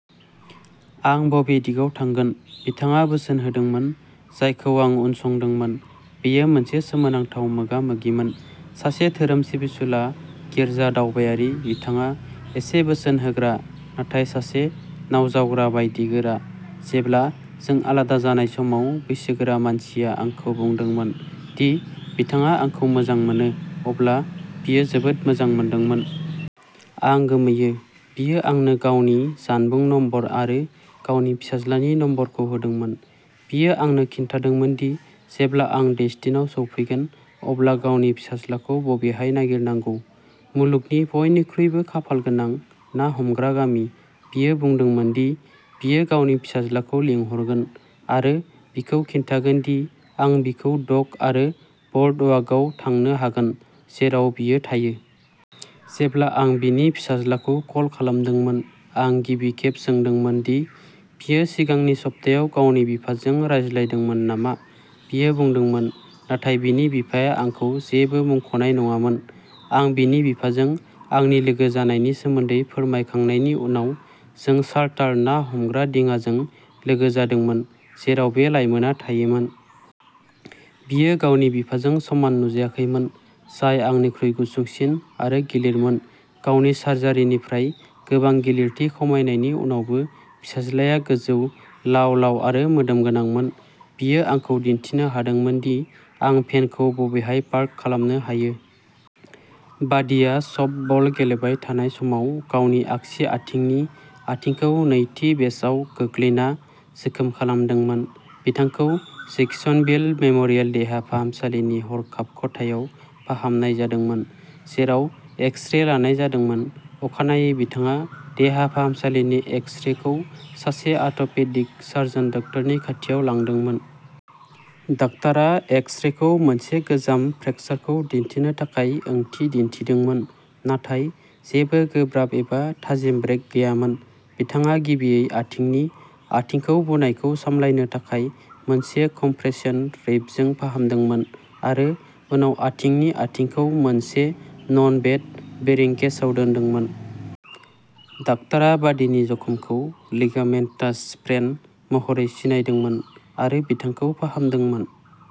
आं बबे दिगाव थांगोन? बिथाङा बोसोन होदोंमोन, जायखौ आं उनसंदोंमोन। बेयो मोनसे गोसोनांथाव मोगा-मोगिमोन। सासे धोरोम सिबिसुला गिर्जा-दावबायारि, बिथाङा एसे'बोसोन होग्रा'नाथाय सासे नावजावग्रा बायदि गोरा। जेब्ला जों आलादा जानाय समाव बैसोगोरा मानसिया आंखौ बुंदोंमोन दि बिथाङा आंखौ मोजां मोनो, अब्ला बियो जोबोद मोजां मोनदोंमोन। आं गोमोयो। बियो आंनो गावनि जानबुं नम्बर आरो गावनि फिसाज्लानि नम्बरखौ होदोंमोन। बियो आंनो खिन्थादोंमोन दि जेब्ला आं डेस्टिनआव सौफैगोन अब्ला गावनि फिसाज्लाखौ बबेहाय नागिरनांगौ, "मुलुगनि बयनिख्रुइबो खाफालगोनां ना हमग्रा गामि! "। बियो बुंदोंमोन दि बियो गावनि फिसाज्लाखौ लिंहरगोन आरो बिखौ खिन्थागोन दि आं बिखौ डक आरो बर्डवाकआव थांनो हागोन जेराव बियो थायो। जेब्ला आं बिनि फिसाज्लाखौ कल खालामदोंमोन, आं गिबि खेब सोंदोंमोन दि बियो सिगांनि सप्तायाव गावनि बिफाजों रायज्लायदोंमोन नामा। बियो बुंदोंमोन, नाथाय बिनि बिफाया आंखौ जेबो मुंख'नाय नङामोन। आं बिनि बिफाजों आंनि लोगो जानायनि सोमोन्दै फोरमायखांनायनि उनाव जों चार्टार ना हमग्रा दिङाजों लोगो जादोंमोन, जेराव बे लाइमोनआ थायोमोन। बियो गावनि बिफाजों समान नुजायाखैमोन, जाय आंनिख्रुइ गुसुंसिन आरो गिलिरमोन, गावनि सार्जारिनिफ्राय गोबां गिलिरथि खमायनायनि उनावबो। फिसाज्लाया गोजौ, लाव-लाव आरो मोदोम गोनांमोन। बियो आंखौ दिन्थिनो हादोंमोन दि आं भेनखौ बबेहाय पार्क खालामनो हायो। बादीआ सफ्टबल गेलेबाय थानाय समाव गावनि आगसि आथिंनि आथिंखौ नैथि बेसआव गोग्लैना जोखोम खालामदोंमोन। बिथांखौ जैक्सनविल मेम'रियेल देहा फाहामसालिनि हरखाब खथायाव फाहामनाय जादोंमोन, जेराव एक्स-रे लानाय जादोंमोन। अखानायै बिथाङा देहा फाहामसालिनि एक्स-रेखौ सासे आथ'पेडिक सार्जन डाक्टरनि खाथियाव लांदोंमोन। डाक्टारा एक्स-रेखौ मोनसे गोजाम फ्रेकसारखौ दिन्थिनो थाखाय ओंथि दिन्थिदोंमोन, नाथाय जेबो गोब्राब एबा थाजिम ब्रेक गैयामोन। बिथाङा गिबियै आथिंनि आथिंखौ बुनायखौ सामलायनो थाखाय मोनसे कम्प्रेशन रैपजों फाहामदोंमोन आरो उनाव आथिंनि आथिंखौ मोनसे नन-वेट बेरिं केसआव दोनदोंमोन। डाक्टारा बादीनि जखमखौ लिगामेन्टास स्प्रेइन महरै सिनायदोंमोन आरो बिथांखौ फाहामदोंमोन।